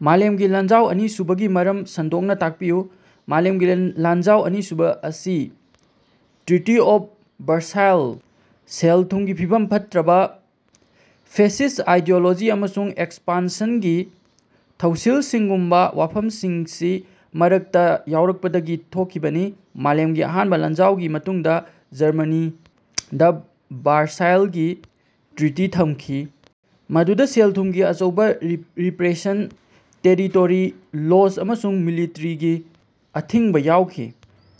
ꯃꯥꯂꯦꯝꯒꯤ ꯂꯥꯟꯖꯥꯎ ꯑꯅꯤꯁꯨꯕꯒꯤ ꯃꯔꯝ ꯁꯟꯗꯣꯛꯅꯥ ꯇꯥꯛꯄꯤꯌꯨ꯫ ꯃꯥꯂꯦꯝꯒꯤ ꯂꯥꯟꯖꯥꯎ ꯑꯅꯤꯁꯨꯕꯥ ꯑꯁꯤ ꯇ꯭ꯔꯤꯇꯤ ꯑꯣꯐ ꯕꯔꯁꯥꯏꯜ, ꯁꯦꯜ-ꯊꯨꯝꯒꯤ ꯐꯤꯕꯝ ꯐꯠꯇ꯭ꯔꯕ, ꯐꯦꯁꯤꯁ ꯑꯥꯏꯗꯤꯑꯣꯂꯣꯖꯤ ꯑꯃꯁꯨꯡ ꯑꯦꯛꯁꯄꯥꯟꯁꯟꯒꯤ ꯊꯧꯁꯤꯜꯁꯤꯡꯒꯨꯝꯕꯥ ꯋꯥꯐꯝꯁꯤꯡꯒꯤ ꯃꯔꯛꯇꯥ ꯌꯥꯎꯔꯛꯄꯗꯒꯤ ꯊꯣꯛꯈꯤꯕꯅꯤ꯫ ꯃꯥꯂꯦꯝꯒꯤ ꯑꯍꯥꯟꯕ ꯂꯥꯟꯖꯥꯎꯒꯤ ꯃꯇꯨꯡꯗꯥ ꯖꯔꯃꯅꯤꯗꯥ ꯕꯔꯁꯥꯏꯜꯒꯤ ꯇ꯭ꯔꯤꯇꯤ ꯊꯝꯈꯤ, ꯃꯗꯨꯗꯥ ꯁꯦꯜ-ꯊꯨꯝꯒꯤ ꯑꯆꯧꯕ ꯔꯤꯄ꯭ꯔꯦꯁꯟ, ꯇꯦꯔꯤꯇꯣꯔꯤ ꯂꯣꯁ ꯑꯃꯁꯨꯡ ꯃꯤꯂꯤꯇꯔꯤꯒꯤ ꯑꯊꯤꯡꯕ ꯌꯥꯎꯈꯤ꯫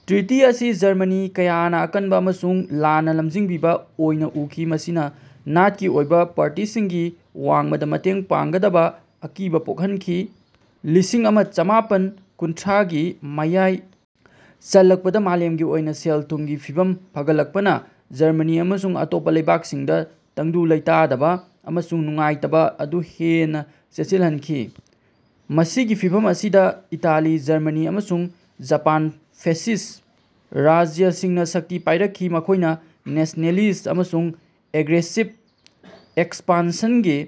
ꯇ꯭ꯔꯤꯇꯤ ꯑꯁꯤ ꯖꯔꯃꯅꯤ ꯀꯌꯥꯅꯥ ꯑꯀꯟꯕꯥ ꯑꯃꯁꯨꯡ ꯂꯥꯟꯅꯥ ꯂꯝꯖꯤꯡꯕꯤꯕꯥ ꯑꯣꯏꯅꯥ ꯎꯈꯤ, ꯃꯁꯤꯅꯥ ꯅꯥꯠꯀꯤ ꯑꯣꯏꯕꯥ ꯄꯥꯔꯇꯤꯒꯤ ꯋꯥꯡꯃꯗꯥ ꯃꯇꯦꯡ ꯄꯥꯡꯒꯗꯕꯥ ꯑꯀꯤꯕꯥ ꯄꯣꯛꯍꯟꯈꯤ꯫ꯂꯤꯁꯤꯡ ꯑꯃꯥ ꯆꯥꯃꯥꯄꯟ ꯀꯨꯟꯊ꯭ꯔꯥꯒꯤ ꯃꯌꯥꯏ ꯆꯜꯂꯛꯄꯗꯥ ꯃꯥꯂꯦꯝꯒꯤ ꯑꯣꯏꯅꯥ ꯁꯦꯜ-ꯊꯨꯝꯒꯤ ꯐꯤꯚꯝ ꯐꯒꯠꯂꯛꯄꯅꯥ ꯖꯔꯃꯅꯤ ꯑꯃꯁꯨꯡ ꯑꯇꯣꯞꯄꯥ ꯂꯩꯕꯥꯛꯁꯤꯡꯗꯥ ꯇꯪꯗꯨ ꯂꯩꯇꯥꯗꯕꯥ ꯑꯃꯁꯨꯡ ꯅꯨꯡꯉꯥꯏꯇꯕꯥ ꯑꯗꯨ ꯍꯦꯟꯅꯥ ꯆꯦꯠꯁꯤꯜꯍꯟꯈꯤ꯫ ꯃꯁꯤꯒꯤ ꯐꯤꯚꯝ ꯑꯁꯤꯗꯥ ꯏꯇꯥꯂꯤ, ꯖꯔꯃꯅꯤ ꯑꯃꯁꯨꯡ ꯖꯄꯥꯟꯗ ꯐꯦꯁꯤꯁ ꯔꯥꯖ꯭ꯌꯁꯤꯡꯅꯥ ꯁꯛꯇꯤ ꯄꯥꯏꯔꯛꯈꯤ, ꯃꯈꯣꯏꯅ ꯅꯦꯁꯅꯦꯂꯤꯁ ꯑꯃꯁꯨꯡ ꯑꯦꯒ꯭ꯔꯦꯁꯤꯞ ꯑꯦꯛꯁꯄꯥꯟꯁꯟꯒꯤ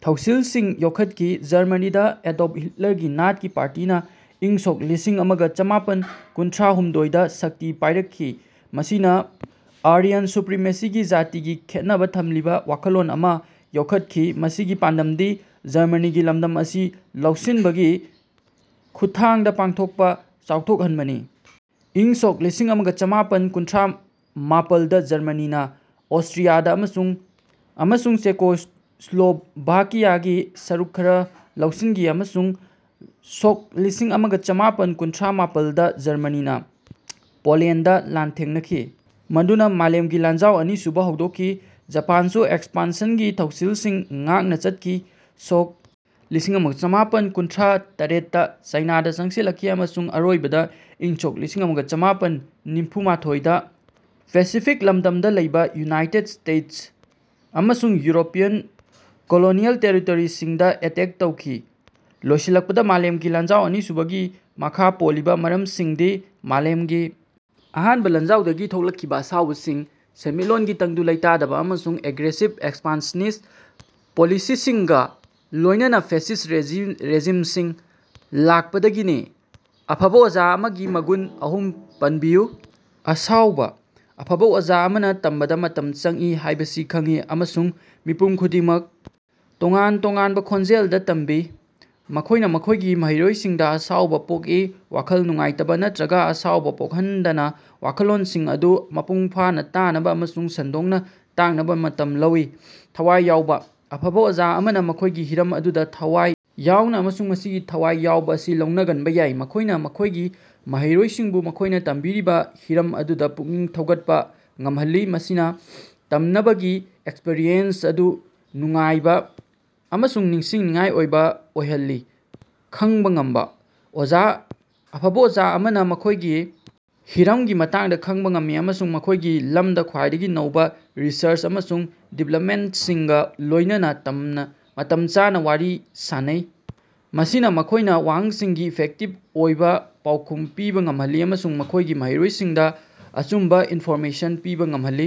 ꯊꯧꯁꯤꯜꯁꯤꯡ ꯌꯣꯛꯈꯠꯈꯤ꯫ ꯖꯔꯃꯅꯤꯗꯥ ꯑꯦꯗꯣꯜꯐ ꯍꯤꯠꯂꯔꯒꯤ ꯅꯥꯠꯀꯤ ꯄꯥꯔꯇꯤꯅꯥ ꯏꯪ ꯁꯣꯛ ꯂꯤꯁꯤꯡ ꯑꯃꯒꯥ ꯆꯃꯥꯄꯟ ꯀꯨꯟꯊ꯭ꯔꯥꯍꯨꯝꯗꯣꯏꯗꯥ ꯁꯛꯇꯤ ꯄꯥꯏꯔꯛꯈꯤ, ꯃꯁꯤꯅꯥ ꯑꯥꯔꯌꯟ ꯁꯨꯄ꯭ꯔꯤꯃꯦꯁꯤꯒꯤ ꯖꯥꯇꯤꯒꯤ ꯈꯦꯟꯅꯕꯥ ꯊꯝꯂꯤꯕꯥ ꯋꯥꯈꯜꯂꯣꯟ ꯑꯃꯥ ꯌꯣꯛꯈꯠꯈꯤ, ꯃꯁꯤꯒꯤ ꯄꯥꯟꯗꯝꯗꯤ ꯖꯔꯃꯅꯤꯒꯤ ꯂꯝꯗꯝ ꯑꯁꯤ ꯂꯧꯁꯤꯟꯕꯒꯤ ꯈꯨꯠꯊꯥꯡꯗꯥ ꯄꯥꯛꯊꯣꯛ ꯆꯥꯎꯊꯣꯛꯍꯟꯕꯅꯤ꯫ ꯏꯪ ꯁꯣꯛ ꯂꯤꯁꯤꯡ ꯑꯃꯥ ꯆꯃꯥꯄꯟ ꯀꯨꯟꯊ꯭ꯔꯥꯅꯤꯄꯥꯜꯗꯥ ꯖꯔꯃꯅꯤꯅꯥ ꯑꯣꯁꯇ꯭ꯔꯤꯌꯥ ꯑꯃꯁꯨꯡ ꯆꯦꯀꯣꯁ꯭ꯂꯣꯚꯥꯀꯤꯌꯥꯒꯤ ꯁꯔꯨꯛ ꯈꯔꯕꯨ ꯂꯧꯁꯤꯟꯈꯤ ꯑꯃꯁꯨꯡ ꯁꯣꯛ ꯂꯤꯁꯤꯡ ꯑꯃꯥ ꯆꯃꯥꯄꯟ ꯀꯨꯟꯊ꯭ꯔꯥꯃꯄꯜꯗꯥ ꯖꯔꯃꯅꯤꯅꯥ ꯄꯣꯂꯦꯟꯗꯇꯥ ꯂꯥꯟꯊꯦꯡꯅꯈꯤ, ꯃꯗꯨꯅꯥ ꯃꯥꯂꯦꯝꯒꯤ ꯂꯥꯟꯖꯥꯎ ꯑꯅꯤꯁꯨꯕꯥ ꯍꯧꯗꯣꯛꯈꯤ꯫ ꯖꯄꯥꯟꯁꯨ ꯑꯦꯛꯁꯄꯥꯟꯁꯟꯒꯤ ꯊꯧꯁꯤꯜꯁꯤꯡ ꯉꯥꯛꯅꯥ ꯆꯠꯈꯤ, ꯁꯣꯛ ꯂꯤꯁꯤꯡ ꯑꯃꯥ ꯆꯃꯥꯄꯟ ꯀꯨꯟꯊ꯭ꯔꯥꯇꯔꯦꯠꯇꯥ ꯆꯥꯏꯅꯥꯗꯥ ꯆꯪꯁꯤꯜꯂꯛꯈꯤ ꯑꯃꯁꯨꯡ ꯑꯔꯣꯏꯕꯗꯥ ꯏꯪ ꯁꯣꯛ ꯂꯤꯁꯤꯡ ꯑꯃꯥ ꯆꯃꯥꯄꯟ ꯅꯤꯐꯨꯃꯊꯣꯏꯗꯥ ꯄꯦꯁꯤꯐꯤꯛ ꯂꯝꯗꯝꯗꯥ ꯂꯩꯕꯥ ꯌꯨꯅꯥꯏꯇꯦꯠ ꯁ꯭ꯇꯦꯠꯁ ꯑꯃꯁꯨꯡ ꯌꯨꯔꯣꯄꯤꯌꯟ ꯀꯣꯂꯣꯅꯤꯑꯦꯜ ꯇꯦꯔꯤꯇꯣꯔꯤꯁꯤꯡꯗꯥ ꯑꯦꯇꯦꯛ ꯇꯧꯈꯤ, ꯂꯣꯏꯁꯤꯜꯂꯛꯄꯗꯥ, ꯃꯥꯂꯦꯝꯒꯤ ꯂꯥꯟꯖꯥꯎ ꯑꯅꯤꯁꯨꯕꯒꯤ ꯃꯈꯥ ꯄꯣꯜꯂꯤꯕꯥ ꯃꯔꯝꯁꯤꯡꯗꯤ ꯃꯥꯂꯦꯝꯒꯤ ꯑꯍꯥꯟꯕ ꯂꯥꯟꯖꯥꯎꯗꯒꯤ ꯊꯣꯔꯛꯈꯤꯕ ꯑꯁꯥꯎꯕꯁꯤꯡ, ꯁꯦꯟꯃꯤꯠꯂꯣꯟꯒꯤ ꯇꯪꯗꯨ ꯂꯩꯇꯥꯗꯕ ꯑꯃꯁꯨꯡ ꯑꯦꯒ꯭ꯔꯦꯁꯤꯕ ꯑꯦꯛꯁꯄꯥꯟꯁꯅꯤꯁ ꯄꯣꯂꯤꯁꯤꯁꯤꯡꯒꯥ ꯂꯣꯏꯅꯅꯥ ꯐꯦꯁꯤꯁ ꯔꯦꯖꯤꯝꯁꯤꯡ ꯂꯥꯛꯄꯥꯗꯒꯤꯅꯤ꯫ ꯑꯐꯕꯥ ꯑꯣꯖꯥ ꯑꯃꯒꯤ ꯃꯒꯨꯟ ꯑꯍꯨꯝ ꯄꯟꯕꯤꯌꯨ꯫ ꯑꯁꯥꯎꯕꯥ: ꯑꯐꯕꯥ ꯑꯣꯖꯥ ꯑꯃꯅꯥ ꯇꯝꯕꯗꯥ ꯃꯇꯝ ꯆꯪꯏ ꯍꯥꯏꯕꯁꯤ ꯈꯪꯏ ꯑꯃꯁꯨꯡ ꯃꯤꯄꯨꯝ ꯈꯨꯗꯤꯡꯃꯛ ꯇꯣꯉꯥꯟ ꯇꯣꯉꯥꯟꯕ ꯈꯣꯡꯖꯦꯜꯗꯥ ꯇꯝꯃꯤ꯫ ꯃꯈꯣꯏꯅꯥ ꯃꯈꯣꯏꯒꯤ ꯃꯍꯩꯔꯣꯏꯁꯤꯡꯗꯥ ꯑꯁꯥꯎꯕ ꯄꯣꯛꯏ, ꯋꯥꯈꯜ ꯅꯨꯡꯉꯥꯏꯇꯕꯥ ꯅꯠꯇ꯭ꯔꯒꯥ ꯑꯁꯥꯎꯕ ꯄꯣꯛꯍꯟꯗꯅꯥ ꯋꯥꯈꯜꯂꯣꯟꯁꯤꯡ ꯑꯗꯨ ꯃꯄꯨꯡ ꯐꯥꯅꯥ ꯇꯥꯅꯕꯥ ꯑꯃꯁꯨꯡ ꯁꯟꯗꯣꯛꯅꯥ ꯇꯥꯛꯅꯕꯥ ꯃꯇꯝ ꯂꯧꯏ꯫ ꯊꯋꯥꯏ ꯌꯥꯎꯕꯥ: ꯑꯐꯕꯥ ꯑꯣꯖꯥ ꯑꯃꯅꯥ ꯃꯈꯣꯏꯒꯤ ꯍꯤꯔꯝ ꯑꯗꯨꯗꯥ ꯊꯋꯥꯏ ꯌꯥꯎꯏ ꯑꯃꯁꯨꯡ ꯃꯁꯤꯒꯤ ꯊꯋꯥꯏ ꯌꯥꯎꯕꯥ ꯑꯁꯤ ꯂꯧꯅꯒꯟꯕꯥ ꯌꯥꯏ꯫ ꯃꯈꯣꯏꯅꯥ ꯃꯈꯣꯏꯒꯤ ꯃꯍꯩꯔꯣꯏꯁꯤꯡꯕꯨ ꯃꯈꯣꯏꯅꯥ ꯇꯝꯕꯤꯔꯤꯕꯥ ꯍꯤꯔꯝ ꯑꯗꯨꯗꯥ ꯄꯨꯛꯅꯤꯡ ꯊꯧꯒꯠꯄꯥ ꯉꯝꯍꯜꯂꯤ, ꯃꯁꯤꯅꯥ ꯇꯝꯅꯕꯒꯤ ꯑꯦꯛꯁꯄ꯭ꯔꯤꯌꯦꯟꯁ ꯑꯗꯨ ꯅꯨꯡꯉꯥꯏꯕ ꯑꯃꯁꯨꯡ ꯅꯤꯡꯁꯤꯡꯅꯤꯡꯉꯥꯏ ꯑꯣꯏꯕ ꯑꯣꯏꯍꯜꯂꯤ꯫ ꯈꯪꯕꯥ ꯉꯝꯕꯥ: ꯑꯐꯕꯥ ꯑꯣꯖꯥ ꯑꯃꯅꯥ ꯃꯈꯣꯏꯒꯤ ꯍꯤꯔꯝꯒꯤ ꯃꯇꯥꯡꯗꯥ ꯈꯪꯕꯥ ꯉꯝꯃꯤ ꯑꯃꯁꯨꯡ ꯃꯈꯣꯏꯒꯤ ꯂꯝꯗꯥ ꯈ꯭ꯋꯥꯏꯗꯒꯤ ꯅꯧꯕꯥ ꯔꯤꯁꯔꯆ ꯑꯃꯁꯨꯡ ꯗꯤꯕ꯭ꯂꯞꯃꯦꯟꯇꯁꯤꯡꯒꯥ ꯂꯣꯏꯅꯅꯥ ꯃꯇꯝ ꯆꯥꯅꯥ ꯋꯥꯔꯤ ꯁꯥꯅꯩ꯫ ꯃꯁꯤꯅꯥ ꯃꯈꯣꯏꯅꯥ ꯋꯥꯍꯪꯁꯤꯡꯒꯤ ꯏꯐꯦꯛꯇꯤꯕ ꯑꯣꯏꯅꯥ ꯄꯥꯎꯈꯨꯝ ꯄꯤꯕꯥ ꯉꯝꯍꯜꯂꯤ ꯑꯃꯁꯨꯡ ꯃꯈꯣꯏꯒꯤ ꯃꯍꯩꯔꯣꯏꯁꯤꯡꯗꯥ ꯑꯆꯨꯝꯕꯥ ꯏꯟꯐꯣꯔꯃꯦꯁꯟ ꯄꯤꯕꯥ ꯉꯝꯍꯜꯂꯤ꯫